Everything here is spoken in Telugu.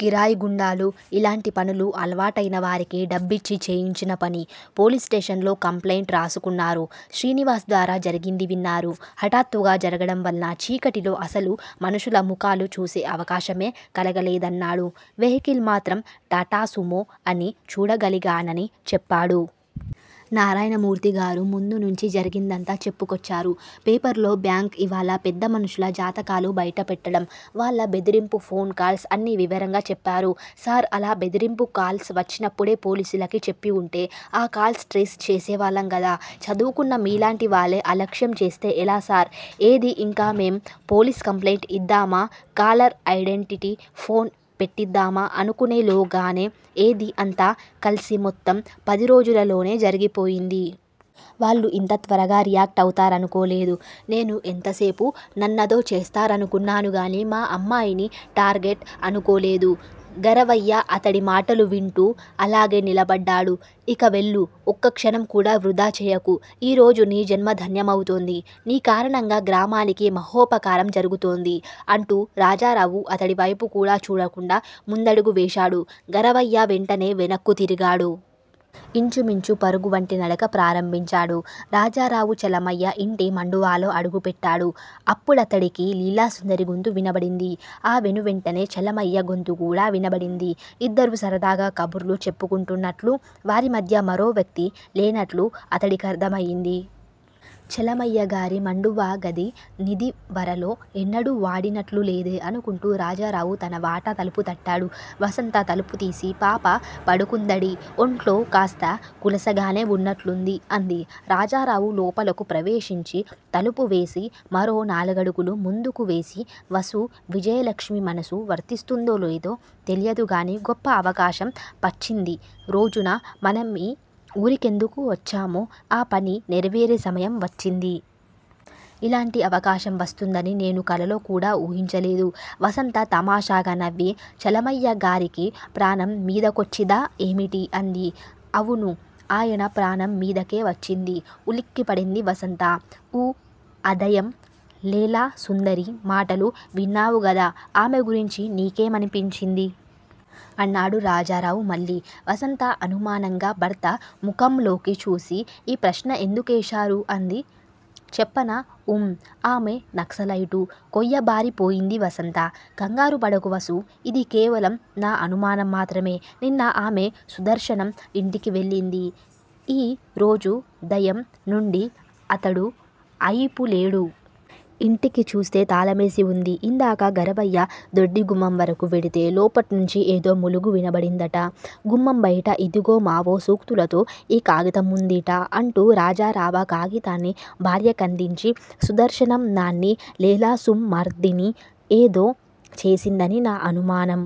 కిరాయిగూండాలు, ఇలాంటి పనులు అలవాటైన వారికి డబ్బిచ్చి చేయించిన పని. పోలీస్ స్టేషన్ లో కంప్లయింట్ రాసుకున్నారు. శ్రీనివాస్ ద్వారా జరిగింది విన్నారు. హఠాత్తుగా జరగడం వలన చీకటిలో అసలు మనుషుల ముఖాలు చూసే అవకాశమే కలగలేదన్నాడు. వెహికల్ మాత్రం టాటాసుమో అని చూడగలిగానని చెప్పాడు. నారాయణమూర్తిగారు ముందునించి జరిగిందంతా చెప్పుకొచ్చారు. పేపరులో బ్యాంక్ ఇవాళా, పెద్దమనుషుల జాతకాలు బయటపెట్టడం, వాళ్ళ బెదిరింపు ఫోన్ కాల్స్, అన్నీ వివరంగా చెప్పారు. సార్, అలా బెదిరింపు కాల్స్ వచ్చినప్పుడే పోలీసులకి చెప్పివుంటే ఆ కాల్స్ ట్రేస్ చేసేవాళ్ళం గదా చదువుకున్న మీలాంటివారే అలక్ష్యం చేస్తే ఎలా సార్ ఏదీ ఇంకా మేం పోలీస్ కంప్లైంట్ ఇద్దామా, కాలర్ ఐడెంటి ఫోన్ పెట్టిద్దామా అనుకునేలోగానే ఏదీ అంతా కల్సి మొత్తం పదిరోజులలోనే జరిగిపోయింది. వాళ్ళు ఇంత త్వరగా రియాక్ట్ అవుతారనుకోలేదు. నేను ఎంతసేపూ నన్నదో చేస్తారనుకున్నాను గాని మా అమ్మాయిని టార్గెట్ అనుకోలేదు. గరవయ్య అతడి మాటలు వింటూ అలాగే నిలబడ్డాడు. ఇక వెళ్ళు. ఒక్క క్షణం కూడా వృధా చేయకు. ఈ రోజు నీ జన్మ ధన్యమవుతోంది. నీ కారణంగా గ్రామానికి మహోపకారం జరిగుతోంది __ అంటూ రాజారావు అతడి వైపు కూడా చూడకుండా ముందడుగు వేశాడు గరవయ్య వెంటనే వెనక్కు తిరిగాడు. ఇంచుమించు పరుగువంటి నడక ప్రారంభించాడు. రాజారావు చలమయ్య ఇంటి మండువాలో అడుగు పెట్టాడు. అప్పడతడికి లీలాసుందరి గొంతు వినబడింది. ఆ వెనువెంటనే చలమయ్య గొంతు కూడా వినబడింది. ఇద్దరూ సరదాగా కబుర్లు చెప్పుకుంటున్నట్లూ __ వారి మధ్య మరో వ్యక్తి లేనట్లూ _ అతడి కర్దమయింది. చలమయ్యగారీ మండువా గది నిదివరలో ఎన్నడూ వాడినట్లు లేదే __ అనుకుంటూ రాజారావు తన వాటా తలుపు తట్టాడు. వసంత తలుపు తీసి __ పాపా పడుకుంద డీ __ ఒంట్లో కాస్త కులసగానే ఉన్నట్లుంది __ అంది. రాజారావు లోపలకు ప్రవేశించి తలుపు వేసి _ మరో నాలుగుడుగులు ముందుకువేసి __ వసూ _ విజయలక్ష్మి మనసు వరిస్తుందో లేదో తెలియదు కానీ __ గొప్ప అవకాశం పచ్చిందీరోజున మనమీ ఊరికెందు కొచ్చామో _ ఆ పని నెరవేరే సమయం వచ్చింది. ఇలాంటి అవకాశం వస్తుందని నేను కలలో కూడా ఊహించలేదు వసంత తమాషాగా నవ్వి __ చలమయ్యగారికి ప్రాణం మీదకొచ్చి దా ఏమిటి? ' అంది. అవును _ అయన ప్రాణం మీదకే వచ్చింది ఉలిక్కిపడింది వసంత. ఉఅదయం లేలాసుందరి మాటలు విన్నావుగదా __ ఆమె గురించి నీ కేమనిపించింది? ' అన్నాడు రాజారావు మళ్ళీ. వసంత అనుమానంగా భర్త ముకహ్మ్లోకి చూసి __ ఈ ప్రశ్న ఎందుకేశారు? అంది. చెప్పనా? ఊం. ఆమె నక్సలైటు కొయ్యబారిపోయింది వసంత. కంగారుపడకు వసూ! ఇది కేవలం న అనుమానం మాత్రమె నిన్న ఆమె సుదర్శనం ఇంటికి వెళ్ళింది. ఈ రోజుదయం నుండీ అతడు అయిపులేడు. ఇంటికిచూస్తే తాళమేసి ఉంది. ఇందాకా గరవయ్య దొడ్డిగుమ్మం. వరకూ వెడితే _ లోపల్నుంచి ఏదో మూలుగు వినబడిందట. గుమ్మం బయట _ ఇదిగో _ మావో సూక్తులతో ఈ కాగితముందిట _ అంటూ రాజరావా కాగితాన్ని భార్య కదించి __ సుదర్శనం నాన్ని లేలాసుమ్దరి ఏదో చేసిందని నా అనుమానం.